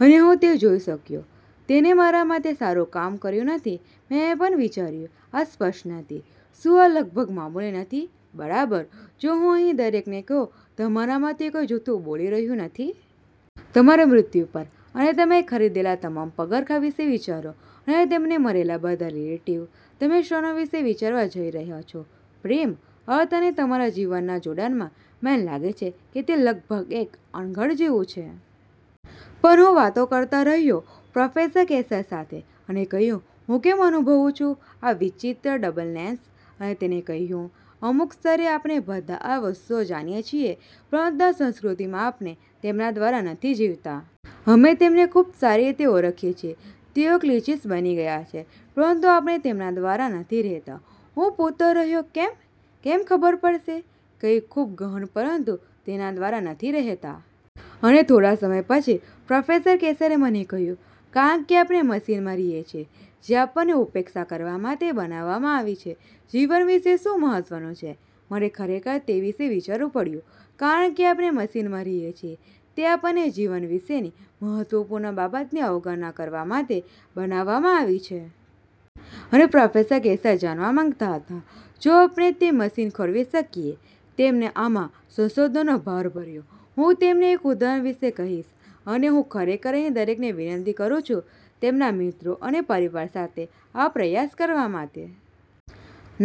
અને હું તે જોઈ શક્યો. તેને મારા માટે સારું કામ કર્યું નથી. મેં પણ વિચાર્યું, આ સ્પષ્ટ નથી? શું આ લગભગ મામૂલી નથી, બરાબર? જો હું અહીં દરેકને કહું, તમારામાંથી કોઈ જૂઠું બોલી રહ્યું નથી. તમારા મૃત્યુ પર અને તમે ખરીદેલા તમામ પગરખાં વિશે વિચારો અને તમને મળેલા બધા રિટ્વીટ. તમે ક્ષણો વિશે વિચારવા જઈ રહ્યાં છો. પ્રેમ, અર્થ અને તમારા જીવનમાં જોડાણના. મને લાગે છે કે તે લગભગ એક અણઘડ જેવું છે. પણ હું વાતો કરતો રહ્યો પ્રોફેસર કશેર સાથે અને કહ્યું, "હું કેમ અનુભવું છું આ વિચિત્ર ડબલનેસ?" અને તેણે કહ્યું, "અમુક સ્તરે, આપણે બધા આ વસ્તુઓ જાણીએ છીએ પરંતુ આ સંસ્કૃતિમાં આપણે તેમના દ્વારા નથી જીવતા." અમે તેમને ખૂબ સારી રીતે ઓળખીએ છીએ. તેઓ ક્લીચીસ બની ગયા છે, પરંતુ આપણે તેમના દ્વારા નથી રહેતા. હું પૂછતો રહ્યો કેમ, કેમ ખબર પડશે કંઈક ખૂબ ગહન પરંતુ તેના દ્વારા નથી રહેતા? અને થોડા સમય પછી પ્રોફેસર કશેરે મને કહ્યું, "કારણ કે આપણે મશીનમાં રહીએ છીએ જે આપણને ઉપેક્ષા કરવા માટે બનાવવામાં આવી છે. જીવન વિશે શું મહત્વનું છે મારે ખરેખર તે વિશે વિચારવું પડ્યું કારણ કે આપણે મશીનમાં રહીએ છીએ તે આપણને જીવન વિશેની મહત્વપૂર્ણ બાબતની અવગણના કરવા માટે બનાવવામાં આવી છે. અને પ્રોફેસર કશેર જાણવા માંગતા હતા જો આપણે તે મશીન ખોરવી શકીએ. તેમણે આમાં સંશોધનનો ભાર ભર્યો. હું તમને એક ઉદાહરણ વિશે કહીશ, અને હું ખરેખર અહીં દરેકને વિનંતી કરું છું તેમના મિત્રો અને પરિવાર સાથે આ પ્રયાસ કરવા માટે.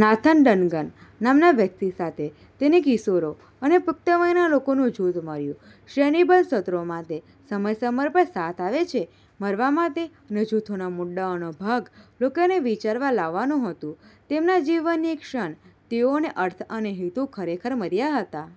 નાથન ડનગન નામના વ્યક્તિ સાથે તેને કિશોરો અને પુખ્ત વયના લોકોનું જૂથ મળ્યું. શ્રેણીબદ્ધ સત્રો માટે સમય સમય પર સાથે આવે છે મળવા માટે અને જૂથના મુદ્દાનો ભાગ લોકોને વિચારવા લાવવાનું હતું. તેમના જીવનની એક ક્ષણ તેઓને અર્થ અને હેતુ ખરેખર મળ્યા હતા.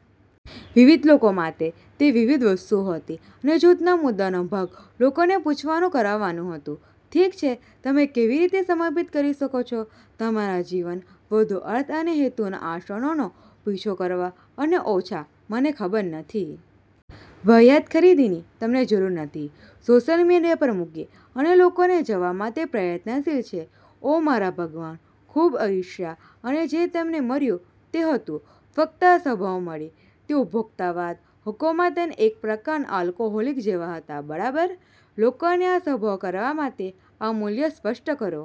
વિવિધ લોકો માટે તે વિવિધ વસ્તુઓ હતી અને જૂથના મુદ્દાનો ભાગ લોકોને પૂછવાનું કરાવવાનું હતું. ઠીક છે. તમે કેવી રીતે સમર્પિત કરી શકો છો તમારા જીવન વધુ અર્થ અને હેતુના આ ક્ષણોનો પીછો કરવા અને ઓછા, મને ખબર નથી. વાહિયાત ખરીદીની તમને જરૂર નથી, સોશિયલ મીડિયા પર મૂકી અને લોકોને જવા માટે પ્રયત્નશીલ છે. ઓ મારા ભગવાન, ખૂબ ઇર્ષ્યા! અને જે તેમને મળ્યું તે હતું. ફક્ત આ સભાઓ મળી, તે ઉપભોક્તાવાદ, હકો માટેના એક પ્રકારનાં આલ્કોહોલિક જેવા હતા, બરાબર? લોકોને આ સભાઓ કરાવવા માટે, આ મૂલ્યો સ્પષ્ટ કરો.